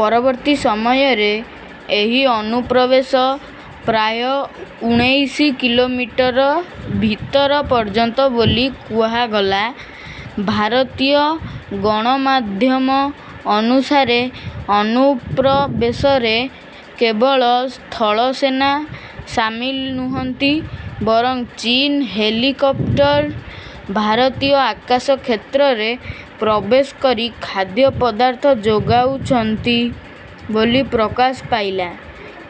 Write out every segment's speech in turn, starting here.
ପରବର୍ତ୍ତୀ ସମୟରେ ଏହି ଅନୁପ୍ରବେଶ ପ୍ରାୟ ଉଣେଇଶି କିଲୋମିଟର ଭିତର ପର୍ଯ୍ୟନ୍ତ ବୋଲି କୁହାଗଲା। ଭାରତୀୟ ଗଣମାଧ୍ୟମ ଅନୁସାରେ, ଅନୁପ୍ରବେଶରେ କେବଳ ସ୍ଥଳସେନା ସାମିଲ ନୁହନ୍ତି ବରଂ ଚୀନ୍ ହେଲିକପ୍ଟର ଭାରତୀୟ ଆକାଶ କ୍ଷେତ୍ରରେ ପ୍ରବେଶ କରି ଖାଦ୍ୟପଦାର୍ଥ ଯୋଗାଉଛନ୍ତି ବୋଲି ପ୍ରକାଶ ପାଇଲା।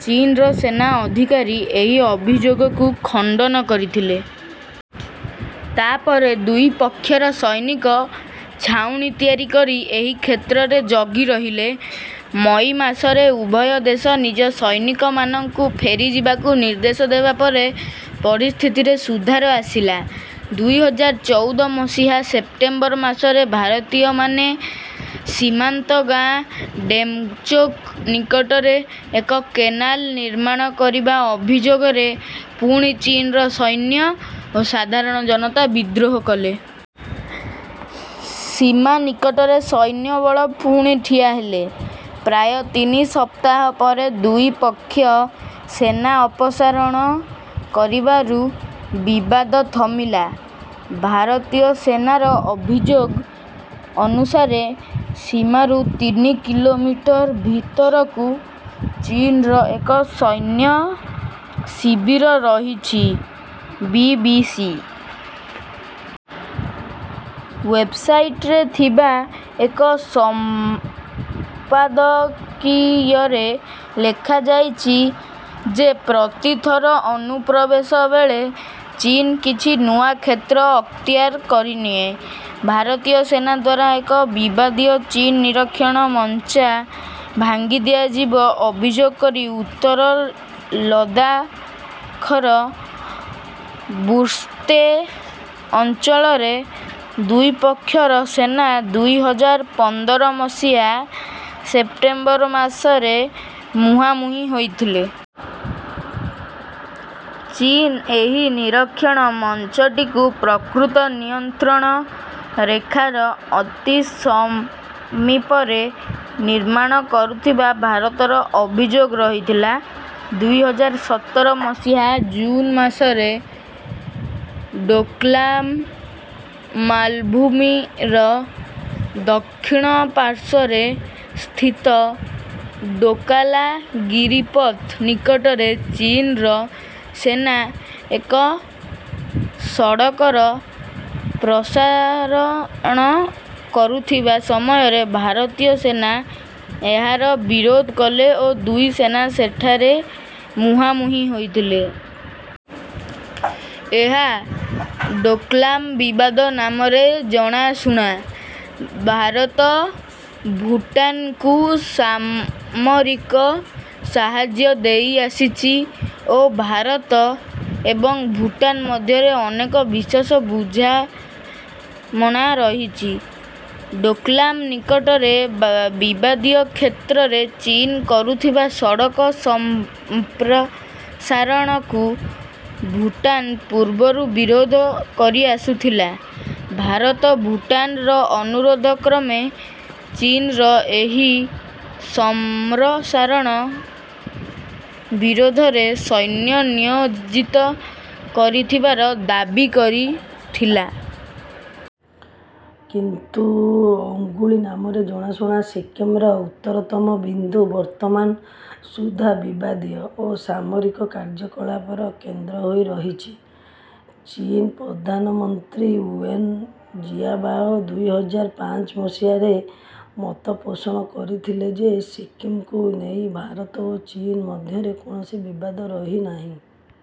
ଚୀନ୍‌ର ସେନା ଅଧିକାରୀ ଏହି ଅଭିଯୋଗକୁ ଖଣ୍ଡନ କରିଥିଲେ। ତା’ ପରେ ଦୁଇ ପକ୍ଷର ସୈନିକ ଛାଉଣୀ ତିଆରି କରି ଏହି କ୍ଷେତ୍ରରେ ଜଗି ରହିଲେ। ମଇ ମାସରେ ଉଭୟ ଦେଶ ନିଜ ସୈନିକମାନଙ୍କୁ ଫେରିଯିବାକୁ ନିର୍ଦ୍ଦେଶ ଦେବା ପରେ ପରିସ୍ଥିତିରେ ସୁଧାର ଆସିଲା। ଦୁଇ ହଜାର ଚଉଦ ମସିହା ସେପ୍ଟେମ୍ବର ମାସରେ ଭାରତୀୟମାନେ ସୀମାନ୍ତ ଗାଁ ଡେମ୍‌ଚୋକ୍ ନିକଟରେ ଏକ କେନାଲ୍ ନିର୍ମାଣ କରିବା ଅଭିଯୋଗରେ ପୁଣି ଚୀନ୍‌ର ସୈନ୍ୟ ଓ ସାଧାରଣ ଜନତା ବିଦ୍ରୋହ କଲେ। ସୀମା ନିକଟରେ ସୈନ୍ୟବଳ ପୁଣି ଠିଆ ହେଲେ। ପ୍ରାୟ ତିନି ସପ୍ତାହ ପରେ ଦୁଇ ପକ୍ଷ ସେନା ଅପସାରଣ କରିବାରୁ ବିବାଦ ଥମିଲା। ଭାରତୀୟ ସେନାର ଅଭିଯୋଗ ଅନୁସାରେ ସୀମାରୁ ତିନି କିଲୋମିଟର ଭିତରକୁ ଚୀନ୍‌ର ଏକ ସୈନ୍ୟ ଶିବିର ରହିଛି। ବି. ବି. ସି. ୱେବ୍‌ସାଇଟରେ ଥିବା ଏକ ସମ୍ପାଦକୀୟରେ ଲେଖାଯାଇଛି ଯେ ପ୍ରତି ଥର ଅନୁପ୍ରବେଶ ବେଳେ ଚୀନ୍ କିଛି ନୂଆ କ୍ଷେତ୍ର ଅକ୍ତିଆର କରିନିଏ। ଭାରତୀୟ ସେନା ଦ୍ୱାରା ଏକ ବିବାଦୀୟ ଚୀନୀ ନିରୀକ୍ଷଣ ମଞ୍ଚା ଭାଙ୍ଗିଦିଆଯିବା ଅଭିଯୋଗ କରି ଉତ୍ତର ଲଦାଖ୍‌ର ବୁର୍ସ୍ତେ ଅଞ୍ଚଳରେ ଦୁଇ ପକ୍ଷର ସେନା ଦୁଇ ହଜାର ପନ୍ଦର ମସିହା ସେପ୍ଟେମ୍ବର ମାସରେ ମୁହାଁମୁହିଁ ହୋଇଥିଲେ। ଚୀନ୍ ଏହି ନିରୀକ୍ଷଣ ମଞ୍ଚଟିକୁ ପ୍ରକୃତ ନିୟନ୍ତ୍ରଣ ରେଖାର ଅତି ସମୀପରେ ନିର୍ମାଣ କରୁଥିବା ଭାରତର ଅଭିଯୋଗ ରହିଥିଲା। ଦୁଇ ହଜାର ସତର ମସିହା ଜୁନ୍ ମାସରେ ଡୋକଲାମ୍ ମାଳଭୂମିର ଦକ୍ଷିଣ ପାର୍ଶ୍ୱରେ ସ୍ଥିତ ଡୋକା ଲା ଗିରିପଥ ନିକଟରେ ଚୀନ୍‌ର ସେନା ଏକ ସଡ଼କର ପ୍ରସାରଣ କରୁଥିବା ସମୟରେ ଭାରତୀୟ ସେନା ଏହାର ବିରୋଧ କଲେ ଓ ଦୁଇ ସେନା ସେଠାରେ ମୁହାଁମୁହିଁ ହୋଇଥିଲେ। ଏହା ଡୋକଲାମ୍ ବିବାଦ ନାମରେ ଜଣାଶୁଣା। ଭାରତ ଭୁଟାନ୍‌କୁ ସାମରିକ ସାହାଯ୍ୟ ଦେଇଆସିଛି ଓ ଭାରତ ଏବଂ ଭୁଟାନ୍ ମଧ୍ୟରେ ଅନେକ ବିଶେଷ ବୁଝାମଣା ରହିଛି। ଡୋକଲାମ୍ ନିକଟରେ ବିବାଦୀୟ କ୍ଷେତ୍ରରେ ଚୀନ୍ କରୁଥିବା ସଡ଼କ ସମ୍ପ୍ରସାରଣକୁ ଭୁଟାନ୍ ପୂର୍ବରୁ ବିରୋଧ କରିଆସୁଥିଲା। ଭାରତ ଭୁଟାନ୍‌ର ଅନୁରୋଧ କ୍ରମେ ଚୀନ୍‌ର ଏହି ସମ୍ରସାରଣ ବିରୋଧରେ ସୈନ୍ୟ ନିୟୋଜିତ କରିଥିବାର ଦାବି କରିଥିଲା। କିନ୍ତୁ ଅଙ୍ଗୁଳି ନାମରେ ଜଣାଶୁଣା ସିକ୍କିମ୍‌ର ଉତ୍ତରତମ ବିନ୍ଦୁ ବର୍ତ୍ତମାନ ସୁଦ୍ଧା ବିବାଦୀୟ ଓ ସାମରିକ କାର୍ଯ୍ୟକଳାପର କେନ୍ଦ୍ର ହୋଇ ରହିଛି। ଚୀନ୍ ପଧାନମନ୍ତ୍ରୀ ୱେନ୍ ଜିଆବାଓ ଦୁଇ ହଜାର ପାଞ୍ଚ ମସିହାରେ ମତ ପୋଷଣ କରିଥିଲେ ଯେ ସିକ୍କିମ୍‌କୁ ନେଇ ଭାରତ ଓ ଚୀନ୍ ମଧ୍ୟରେ କୌଣସି ବିବାଦ ରହିନାହିଁ।